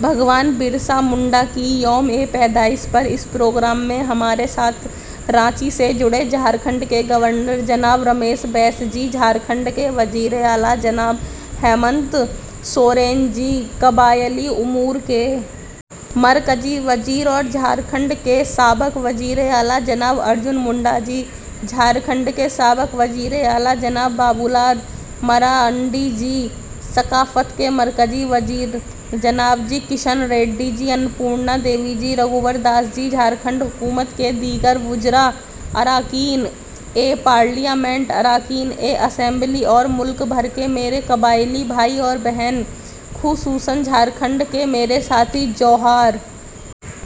بھگوان برسا منڈا کی یوم پیدائش پر اس پروگرام میں ہمارے ساتھ رانچی سے جڑے جھارکھنڈ کے گورنر جناب رمیش بیس جی، جھارکھنڈ کے وزیر اعلیٰ جناب ہیمنت سورین جی، قبائلی امور کے مرکزی وزیر اور جھارکھنڈ کے سابق وزیر اعلیٰ جناب ارجن منڈا جی، جھارکھنڈ کے سابق وزیر اعلیٰ جناب بابولال مرانڈی جی، ثقافت کے مرکزی وزیر جناب جی کشن ریڈی جی، ان پورنا دیوی جی، رگھوور داس جی، جھارکھنڈ حکومت کے دیگر وزراء، اراکین پارلیمنٹ، اراکین اسمبلی اور ملک بھر کے میرے قبائلی بھائی اور بہن، خصوصی طور پر جھارکھنڈ کے میرے ساتھی، جوہار!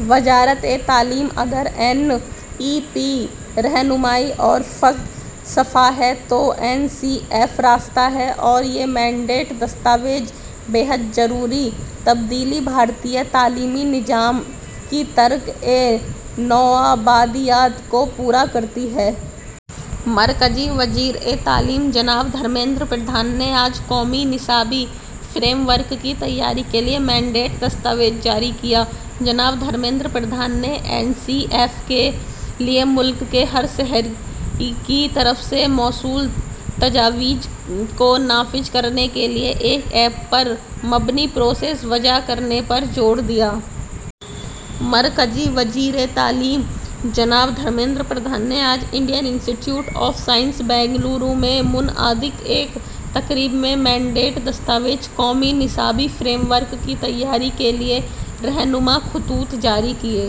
وزارت تعلیم۔ اگر این ای پی رہنمائی کا فلسفہ ہے تو این سی ایف راستہ ہے، اور یہ مینڈیٹ دستاویز انتہائی ضروری تبدیلی، بھارتی تعلیمی نظام کی ترکِ نوآبادیات، کو پورا کرتی ہے۔ مرکزی وزیر تعلیم جناب دھرمیندر پردھان نے آج قومی نصاب فریم ورک کی تیاری کے لیے مینڈیٹ دستاویز جاری کیا۔ جناب دھرمیندر پردھان نے این سی ایف کے لیے ملک کے ہر شہری کی طرف سے موصول تجاویز کو نافذ کرنے کے لیے ایک ایپ پر مبنی پروسیس وضع کرنے پر زور دیا۔ مرکزی وزیر تعلیم جناب دھرمیندر پردھان نے آج Indian institute of science, Bengaluru میں منعقدہ ایک تقریب میں مینڈیٹ دستاویز، قومی نصابی فریم ورک کی تیاری کے لیے رہنما خطوط، جاری کیا۔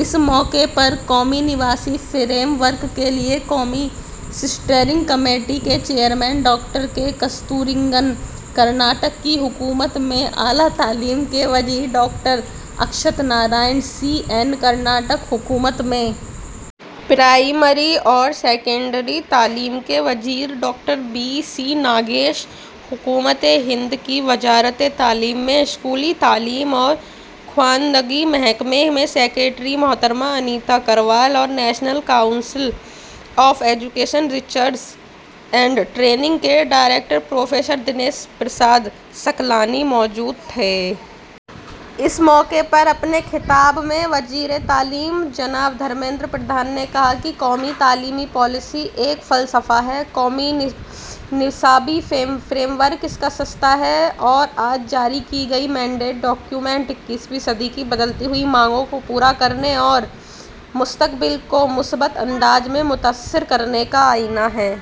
اس موقع پر قومی نصابی فریم ورک کے لیے قومی اسٹیئرنگ کمیٹی کے chairman doctor K. Kasturirangan, Karnataka کی حکومت میں اعلیٰ تعلیم کے وزیر doctor Ashwath Narayan C N, Karnataka حکومت میں پرائمری اور سیکنڈری تعلیم کے وزیر ڈاکٹر بی سی ناگیش، حکومت ہند کی وزارت تعلیم میں اسکولی تعلیم اور خواندگی محکمہ میں سکریٹری محترمہ انیتا کروال اور national council of educational research and training کے ڈائریکٹر پروفیسر دنیش پرساد سکلانی موجود تھے۔ اس موقع پر اپنے خطاب میں وزیر تعلیم جناب دھرمیندر پردھان نے کہا کہ قومی تعلیمی پالیسی ایک فلسفہ ہے، قومی نصابی فریم ورک اس کا راستہ ہے اور آج جاری کی گئی مینڈیٹ دستاویز اکیسویں صدی کی بدلتی ہوئی مانگوں کو پورا کرنے اور مستقبل کو مثبت طریقے سے متاثر کرنے کا آئین ہے۔